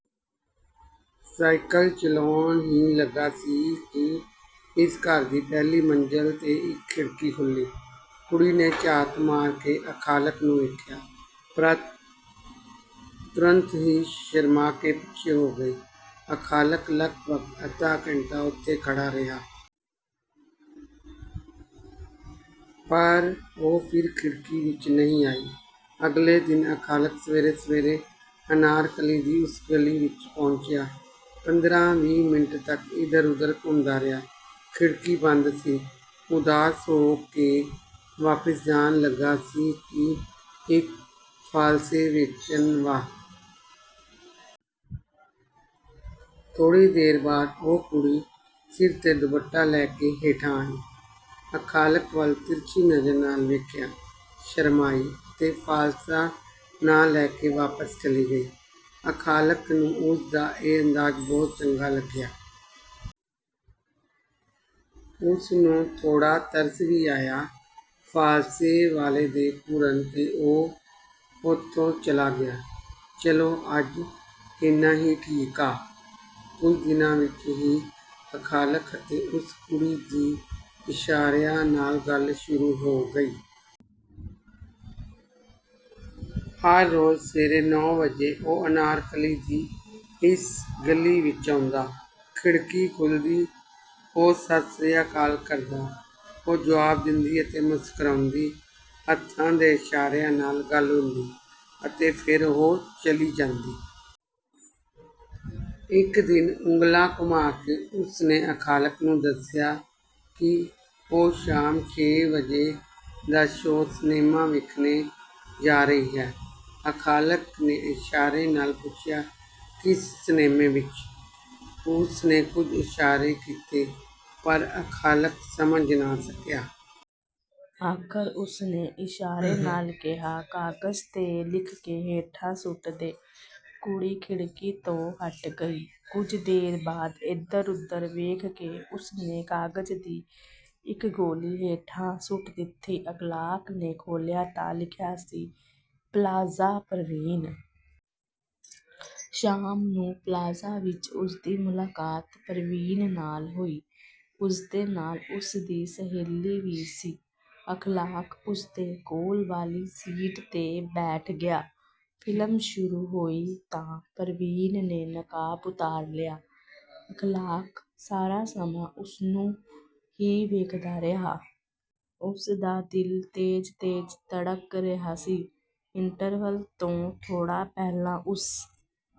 Cycle ਚਲਾਉਣ ਹੀ ਲੱਗਾ ਸੀ ਕਿ ਇਸ ਘਰ ਦੀ ਪਹਿਲੀ ਮੰਜ਼ਿਲ ਤੇ ਇੱਕ ਖਿੜਕੀ ਖੁੱਲ੍ਹੀ। ਕੁੜੀ ਨੇ ਝਾਤ ਮਾਰ ਕੇ ਅਖ਼ਲਾਕ ਨੂੰ ਵੇਖਿਆ। ਪਰ ਤੁਰੰਤ ਹੀ ਸ਼ਰਮਾ ਕੇ ਪਿੱਛੇ ਹੋ ਗਈ। ਅਖ਼ਲਾਕ ਲਗਭਗ ਅੱਧਾ ਘੰਟਾ ਉੱਥੇ ਖੜ੍ਹਾ ਰਿਹਾ। ਪਰ ਉਹ ਫਿਰ ਖਿੜਕੀ ਵਿੱਚ ਨਹੀਂ ਆਈ। ਅਗਲੇ ਦਿਨ ਅਖ਼ਲਾਕ ਸਵੇਰੇ-ਸਵੇਰੇ ਅਨਾਰਕਲੀ ਦੀ ਉਸ ਗਲੀ ਵਿੱਚ ਪਹੁੰਚਿਆ। ਪੰਦਰਾਂ-ਵੀਹ ਮਿੰਟ ਤੱਕ ਇੱਧਰ-ਉੱਧਰ ਘੁੰਮਦਾ ਰਿਹਾ। ਖਿੜਕੀ ਬੰਦ ਸੀ। ਉਦਾਸ ਹੋ ਕੇ ਵਾਪੀਸ ਜਾਨ ਲੱਗਾ ਸੀ ਕਿ ਇੱਕ ਫ਼ਾਲਸੇ ਵੇਚਣ ਵਾਲਾ ਥੋੜ੍ਹੀ ਦੇਰ ਬਾਅਦ ਉਹ ਕੁੜੀ ਸਿਰ ਤੇ ਦੁਪੱਟਾ ਲੈ ਕੇ ਹੇਠਾਂ ਆਈ। ਅਖ਼ਲਾਕ ਵੱਲ ਤਿਰਛੀ ਨਜ਼ਰ ਨਾਲ ਵੇਖਿਆ। ਸ਼ਰਮਾਈ ਅਤੇ ਫ਼ਾਲਸੇ ਨਾ ਲੈ ਕੇ ਵਾਪਸ ਚਲੀ ਗਈ। ਅਖ਼ਲਾਕ ਨੂੰ ਉਸਦਾ ਇਹ ਅੰਦਾਜ਼ ਬਹੁਤ ਚੰਗਾ ਲੱਗਿਆ। ਉਸਨੂੰ ਥੋੜ੍ਹਾ ਤਰਸ ਵੀ ਆਇਆ। ਫ਼ਾਲਸੇ ਵਾਲੇ ਦੇ ਘੂਰਨ ਤੇ ਉਹ ਉੱਥੋਂ ਚਲਾ ਗਿਆ। "ਚਲੋ ਅੱਜ ਇੰਨਾ ਹੀ ਠੀਕ ਆ।" ਕੁਝ ਦਿਨਾਂ ਵਿੱਚ ਹੀ ਅਖ਼ਲਾਕ ਅਤੇ ਉਸ ਕੁੜੀ ਦੀ ਇਸ਼ਾਰਿਆਂ ਨਾਲ ਗੱਲ ਸ਼ੁਰੂ ਹੋ ਗਈ। ਹਰ ਰੋਜ਼ ਸਵੇਰੇ ਨੌਂ ਵਜੇ ਉਹ ਅਨਾਰਕਲੀ ਦੀ ਇਸ ਗਲੀ ਵਿੱਚ ਆਉਂਦਾ। ਖਿੜਕੀ ਖੁੱਲ੍ਹਦੀ, ਉਹ ਸਤਿ ਸ੍ਰੀ ਅਕਾਲ ਕਰਦਾ, ਉਹ ਜਵਾਬ ਦਿੰਦੀ ਅਤੇ ਮੁਸਕਰਾਉਂਦੀ। ਹੱਥਾਂ ਦੇ ਇਸ਼ਾਰਿਆਂ ਨਾਲ ਗੱਲ ਹੁੰਦੀ ਅਤੇ ਫਿਰ ਉਹ ਚਲੀ ਜਾਂਦੀ। ਇੱਕ ਦਿਨ ਉਂਗਲਾਂ ਘੁਮਾ ਕੇ ਉਸਨੇ ਅਖਾ਼ਲਾਕ ਨੂੰ ਦੱਸਿਆ ਕਿ ਉਹ ਸ਼ਾਮ ਛੇ ਵਜੇ ਦਾ ਸ਼ੋਅ ਸਿਨੇਮਾ ਵੇਖਨੇ ਜਾ ਰਹੀ ਹੈ। ਅਖਾਲਾਕ ਨੇ ਇਸ਼ਾਰੇ ਨਾਲ ਪੁੱਛਿਆ "ਕਿਸ ਸਿਨੇਮਾ ਵਿੱਚ?" ਉਸਨੇ ਕੁਝ ਇਸ਼ਾਰੇ ਕੀਤੇ ਪਰ ਅਖਾ਼ਲਾਕ ਸਮਝ ਨਾ ਸਕਿਆ। ਆਖ਼ਰ ਉਸਨੇ ਇਸ਼ਾਰੇ ਨਾਲ ਕਿਹਾ, "ਕਾਗਜ਼ ਤੇ ਲਿਖ ਕੇ ਹੇਠਾਂ ਸੁੱਟ ਦੇ।" ਕੁੜੀ ਖਿੜਕੀ ਤੋਂ ਹਟ ਗਈ। ਕੁਝ ਦੇਰ ਬਾਅਦ ਇੱਧਰ-ਉੱਧਰ ਵੇਖ ਕੇ ਉਸਨੇ ਕਾਗਜ਼ ਦੀ ਇੱਕ ਗੋਲੀ ਹੇਠਾਂ ਸੁੱਟ ਦਿੱਤੀ। ਅਖ਼ਲਾਕ ਨੇ ਖੋਲ੍ਹਿਆ ਤਾਂ ਲਿਖਿਆ ਸੀ "ਪਲਾਜ਼ਾ ਪਰਵੀਨ।" ਸ਼ਾਮ ਨੂੰ ਪਲਾਜ਼ਾ ਵਿੱਚ ਉਸਦੀ ਮੁਲਾਕਾਤ ਪਰਵੀਨ ਨਾਲ ਹੋਈ। ਉਸਦੇ ਨਾਲ ਉਸਦੀ ਸਹੇਲੀ ਵੀ ਸੀ। ਅਖ਼ਲਾਕ ਉਸਦੇ ਕੋਲ ਵਾਲੀ ਸੀਟ ਤੇ ਬੈਠ ਗਿਆ। ਫ਼ਿਲਮ ਸ਼ੁਰੂ ਹੋਈ ਤਾਂ ਪਰਵੀਨ ਨੇ ਨਕਾਬ ਉਤਾਰ ਲਿਆ। ਅਖ਼ਲਾਕ ਸਾਰਾ ਸਮਾਂ ਉਸਨੂੰ ਹੀ ਵੇਖਦਾ ਰਿਹਾ। ਉਸਦਾ ਦਿਲ ਤੇਜ਼-ਤੇਜ਼ ਧੜਕ ਰਿਹਾ ਸੀ। ਇੰਟਰਵਲ ਤੋਂ ਥੋੜ੍ਹਾ ਪਹਿਲਾਂ ਉਸ